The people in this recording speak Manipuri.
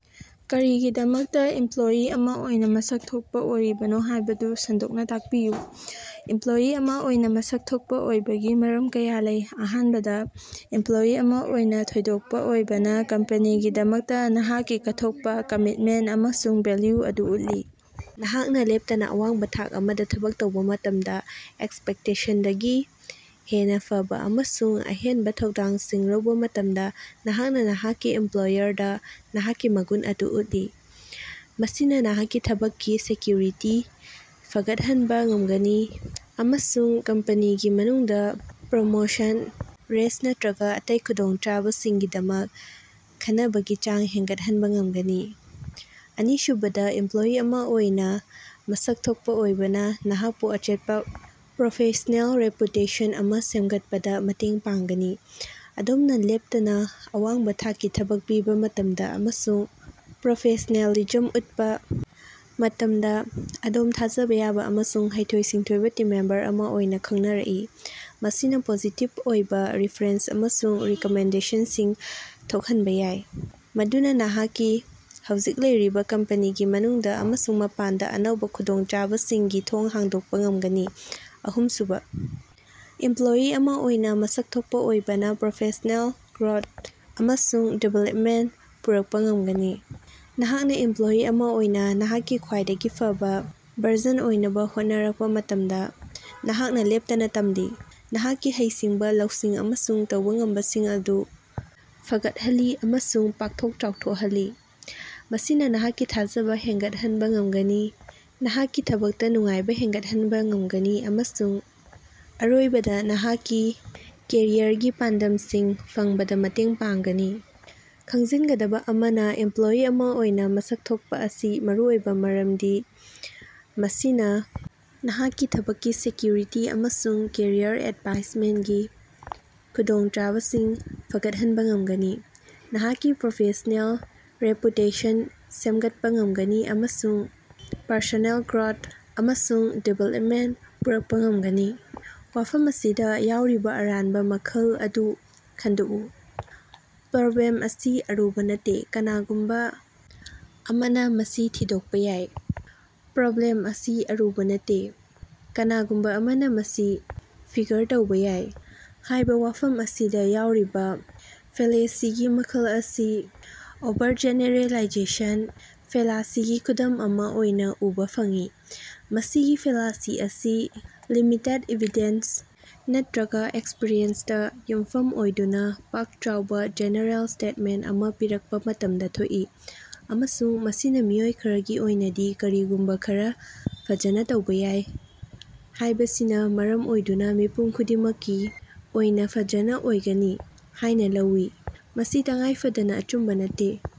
ꯀꯔꯤꯒꯤꯗꯃꯛꯇꯥ ꯏꯝꯄꯂꯣꯌꯤ ꯑꯃ ꯑꯣꯏꯅ ꯃꯁꯛ ꯊꯣꯛꯄ ꯑꯣꯏꯔꯤꯕꯅꯣ ꯍꯥꯏꯕꯗꯨ ꯁꯟꯗꯣꯛꯅ ꯇꯥꯛꯄꯤꯌꯨ꯫ ꯏꯃꯄꯂꯣꯌꯤ ꯑꯃ ꯑꯣꯏꯅ ꯃꯁꯛ ꯊꯣꯛꯄ ꯑꯣꯏꯕꯒꯤ ꯃꯔꯝ ꯀꯌꯥ ꯂꯩ꯫ ꯑꯍꯥꯟꯕꯗ, ꯏꯃꯄꯂꯣꯌꯤ ꯑꯃ ꯑꯣꯏꯅ ꯊꯣꯏꯗꯣꯛꯄ ꯑꯣꯏꯕꯅ ꯀꯝꯄꯦꯅꯤꯒꯤꯗꯃꯛꯇ ꯅꯍꯥꯛꯀꯤ ꯀꯠꯊꯣꯛꯄ, ꯀꯃꯤꯠꯃꯦꯟꯇ ꯑꯃꯁꯨꯡ ꯚꯦꯜꯌꯨ ꯑꯗꯨ ꯎꯠꯂꯤ꯫ ꯅꯍꯥꯛꯅ ꯂꯦꯞꯇꯅ ꯑꯋꯥꯡꯕ ꯊꯥꯛ ꯑꯃꯗ ꯊꯕꯛ ꯇꯧꯕ ꯃꯇꯝꯗ, ꯑꯦꯛꯁꯄꯦꯛꯇꯦꯁꯟꯗꯒꯤ ꯍꯦꯟꯅ ꯐꯕ ꯑꯃꯁꯨꯡ ꯑꯍꯦꯟꯕ ꯊꯧꯗꯥꯡꯁꯤꯡ ꯂꯧꯕ ꯃꯇꯝꯗ, ꯅꯍꯥꯛꯅ ꯅꯍꯥꯛꯀꯤ ꯏꯝꯄꯂꯣꯌꯔꯗ ꯅꯍꯥꯛꯀꯤ ꯃꯒꯨꯟ ꯑꯗꯨ ꯎꯠꯂꯤ꯫ ꯃꯁꯤꯅ ꯅꯍꯥꯛꯀꯤ ꯊꯕꯛꯀꯤ ꯁꯦꯛꯀꯌꯨꯔꯤꯇꯤ ꯐꯒꯠꯍꯟꯕ ꯉꯝꯒꯅꯤ ꯑꯃꯁꯨꯡ ꯀꯝꯄꯅꯤꯒꯤ ꯃꯅꯨꯡꯗ ꯄ꯭ꯔꯣꯃꯣꯁꯟ, ꯔꯦꯏꯁ ꯅꯠꯇ꯭ꯔꯒꯥ ꯑꯇꯩ ꯈꯨꯗꯣꯡꯆꯥꯕꯁꯤꯡꯒꯤꯗꯃꯛ ꯈꯟꯅꯕꯒꯤ ꯆꯥꯡ ꯍꯦꯟꯒꯠꯍꯟꯕ ꯉꯝꯒꯅꯤ꯫ ꯑꯅꯤꯁꯨꯕꯗ, ꯏꯝꯄꯂꯣꯌꯤ ꯑꯃ ꯑꯣꯏꯅ ꯃꯁꯛ ꯊꯣꯛꯄ ꯑꯣꯏꯕꯅ ꯅꯍꯥꯛꯄꯨ ꯑꯆꯦꯠꯄ ꯄ꯭ꯔꯣꯐꯦꯁ꯭ꯅꯦꯜ ꯔꯦꯄꯨꯇꯦꯁꯟ ꯑꯃ ꯁꯦꯝꯒꯠꯄꯗ ꯃꯇꯦꯡ ꯄꯥꯡꯒꯅꯤ꯫ ꯑꯗꯣꯝꯅ ꯂꯦꯞꯇꯅ ꯑꯋꯥꯡꯕ ꯊꯥꯛꯀꯤ ꯊꯕꯛ ꯄꯤꯕ ꯃꯇꯝꯗ ꯑꯃꯁꯨꯡ ꯄ꯭ꯔꯣꯐꯦꯁ꯭ꯅꯦꯂꯤꯖꯝ ꯎꯠꯄ ꯃꯇꯝꯗ, ꯑꯗꯣꯝ ꯊꯥꯖꯕ ꯌꯥꯕ ꯑꯃꯁꯨꯡ ꯍꯩꯊꯣꯏ-ꯁꯤꯡꯊꯣꯏꯕ ꯇꯤꯝ ꯃꯦꯝꯕꯔ ꯑꯃ ꯑꯣꯏꯅ ꯈꯪꯅꯔꯛꯏ꯫ ꯃꯁꯤꯅ ꯄꯣꯖꯤꯇꯤꯕ ꯑꯣꯏꯕ ꯔꯤꯐꯔꯦꯟꯁ ꯑꯃꯁꯨꯡ ꯔꯤꯀꯃꯦꯟꯗꯦꯁꯟꯁꯤꯡ ꯊꯣꯛꯍꯟꯕ ꯌꯥꯏ, ꯃꯗꯨꯅ ꯅꯍꯥꯛꯀꯤ ꯍꯧꯖꯤꯛ ꯂꯩꯔꯤꯕꯥ ꯀꯝꯄꯦꯅꯤꯒꯤ ꯃꯅꯨꯡꯗ ꯑꯃꯁꯨꯡ ꯃꯄꯥꯟꯗ ꯑꯅꯧꯕ ꯈꯨꯗꯣꯡꯆꯥꯕꯁꯤꯡꯒꯤ ꯊꯣꯡ ꯍꯥꯡꯗꯣꯛꯄ ꯉꯝꯒꯅꯤ꯫ ꯑꯍꯨꯝꯁꯨꯕ, ꯏꯝꯄꯂꯣꯌꯤ ꯑꯃ ꯑꯣꯏꯅ ꯃꯁꯛ ꯊꯣꯛꯄ ꯑꯣꯏꯕꯅ ꯄꯔꯁꯣꯅꯦꯜ ꯒ꯭ꯔꯣꯊ ꯑꯃꯁꯨꯡ ꯗꯤꯚꯦꯂꯄꯃꯦꯟꯇ ꯄꯨꯔꯛꯄ ꯉꯝꯒꯅꯤ꯫ ꯅꯍꯥꯛꯅ ꯏꯝꯄꯂꯣꯌꯤ ꯑꯃ ꯑꯣꯏꯅ ꯅꯍꯥꯛꯀꯤ ꯈ꯭ꯋꯥꯏꯗꯒꯤ ꯐꯕ ꯚꯔꯖꯟ ꯑꯣꯏꯅꯕ ꯍꯣꯠꯅꯔꯛꯄ ꯃꯇꯝꯗ, ꯅꯍꯥꯛꯅ ꯂꯦꯞꯇꯅ ꯇꯝꯂꯤ, ꯅꯍꯥꯛꯀꯤ ꯍꯩꯁꯤꯡꯕ, ꯂꯧꯁꯤꯡ ꯑꯃꯁꯨꯡ ꯇꯧꯕ ꯉꯝꯕꯁꯤꯡ ꯑꯗꯨ ꯐꯒꯠꯍꯜꯂꯤ ꯑꯃꯁꯨꯡ ꯄꯥꯛꯊꯣꯛ ꯆꯥꯎꯊꯣꯛꯍꯜꯂꯤ꯫ ꯃꯁꯤꯅ ꯅꯍꯥꯛꯀꯤ ꯊꯥꯖꯕ ꯍꯦꯟꯒꯠꯍꯟꯕ ꯉꯝꯒꯅꯤ, ꯅꯍꯥꯛꯀꯤ ꯊꯕꯛꯇ ꯅꯨꯡꯉꯥꯏꯕ ꯍꯦꯟꯒꯠꯍꯟꯕ ꯉꯝꯒꯅꯤ ꯑꯃꯁꯨꯡ ꯑꯔꯣꯏꯕꯗ ꯅꯍꯥꯛꯀꯤ ꯀꯦꯔꯤꯌꯔꯒꯤ ꯄꯥꯟꯗꯝꯁꯤꯡ ꯐꯪꯕꯗ ꯃꯇꯦꯡ ꯄꯥꯡꯒꯅꯤ꯫ ꯈꯪꯖꯤꯟꯒꯗꯕ ꯑꯃꯅ, ꯏꯝꯄꯂꯣꯌꯤ ꯑꯃ ꯑꯣꯏꯅ ꯃꯁꯛ ꯊꯣꯛꯄ ꯑꯁꯤ ꯃꯔꯨꯑꯣꯏ ꯃꯔꯝꯗꯤ ꯃꯁꯤꯅ ꯅꯍꯥꯛꯀꯤ ꯊꯕꯛꯀꯤ ꯁꯦꯛꯀꯌꯨꯔꯤꯇꯤ ꯑꯃꯁꯨꯡ ꯀꯦꯔꯤꯌꯔ ꯑꯦꯗꯚꯥꯟꯁꯃꯦꯟꯇꯀꯤ ꯈꯨꯗꯣꯡꯆꯥꯕꯁꯤꯡ ꯐꯒꯠꯍꯟꯕ ꯉꯝꯒꯅꯤ, ꯅꯍꯥꯛꯀꯤ ꯄ꯭ꯔꯣꯐꯦꯁꯅꯦꯜ ꯔꯦꯄꯨꯇꯦꯁꯟ ꯁꯦꯝꯒꯠꯄ ꯉꯝꯒꯅꯤ ꯑꯃꯁꯨꯡ ꯄꯔꯁꯣꯅꯦꯜ ꯒ꯭ꯔꯣꯊ ꯑꯃꯁꯨꯡ ꯗꯤꯚꯦꯂꯄꯃꯦꯟꯇꯗ ꯄꯨꯔꯛꯄ ꯉꯝꯒꯅꯤ꯫ ꯋꯥꯐꯝ ꯑꯁꯤꯗ ꯌꯥꯎꯔꯤꯕ ꯑꯔꯥꯟꯕ ꯃꯈꯜ ꯑꯗꯨ ꯈꯟꯗꯣꯛꯎ: "ꯄ꯭ꯔꯣꯕ꯭ꯂꯦꯝ ꯑꯁꯤ ꯑꯔꯨꯕꯥ ꯅꯠꯇꯦ, ꯀꯅꯥꯒꯨꯝꯕ ꯑꯃꯅ ꯃꯁꯤ ꯊꯤꯗꯣꯛꯄ ꯌꯥꯏ"꯫ "ꯄ꯭ꯔꯣꯕ꯭ꯂꯦꯝ ꯑꯁꯤ ꯑꯔꯨꯕ ꯅꯠꯇꯦ, ꯀꯅꯥꯒꯨꯝꯕ ꯑꯃꯅ ꯃꯁꯤ ꯐꯤꯒꯔ ꯇꯧꯕ ꯌꯥꯏ" ꯍꯥꯏꯕ ꯋꯥꯐꯝ ꯑꯁꯤꯗ ꯌꯥꯎꯔꯤꯕ ꯐꯦꯜꯂꯦꯁꯤꯒꯤ ꯃꯈꯜ ꯑꯁꯤ "ꯑꯣꯚꯔꯖꯦꯅꯦꯔꯦꯂꯥꯏꯖꯦꯁꯟ" ꯐꯦꯂꯥꯁꯤꯒꯤ ꯈꯨꯗꯝ ꯑꯃ ꯑꯣꯏꯅ ꯎꯕ ꯐꯪꯏ꯫ ꯃꯁꯤꯒꯤ ꯐꯦꯂꯥꯁꯤ ꯑꯁꯤ ꯂꯤꯃꯤꯇꯦꯗ ꯏꯚꯤꯗꯦꯟꯁ ꯅꯠꯇ꯭ꯔꯒ ꯑꯦꯛꯁꯄꯤꯔꯤꯑꯦꯟꯁꯇ ꯌꯨꯝꯐꯝ ꯑꯣꯏꯗꯨꯅ ꯄꯥꯛ-ꯆꯥꯎꯕ, ꯖꯦꯅꯦꯔꯦꯜ ꯁ꯭ꯇꯦꯇꯃꯦꯟꯇ ꯑꯃ ꯄꯤꯔꯛꯄ ꯃꯇꯝꯗ ꯊꯣꯛꯏ, ꯑꯃꯁꯨꯡ ꯃꯁꯤꯅ ꯃꯤꯑꯣꯏ ꯈꯔꯒꯤ ꯑꯣꯏꯅꯗꯤ ꯀꯔꯤꯒꯨꯝꯕ ꯈꯔꯥ ꯐꯖꯅ ꯇꯧꯕ ꯌꯥꯏ ꯍꯥꯏꯕꯁꯤꯅ ꯃꯔꯝ ꯑꯣꯏꯗꯨꯅ ꯃꯤꯄꯨꯝ ꯈꯨꯗꯤꯡꯃꯛꯀꯤ ꯑꯣꯏꯅ ꯐꯖꯅ ꯑꯣꯏꯒꯅꯤ ꯍꯥꯏꯅ ꯂꯧꯏ, ꯃꯁꯤ ꯇꯉꯥꯏꯐꯗꯅꯥ ꯑꯆꯨꯝꯕ ꯅꯠꯇꯦ꯫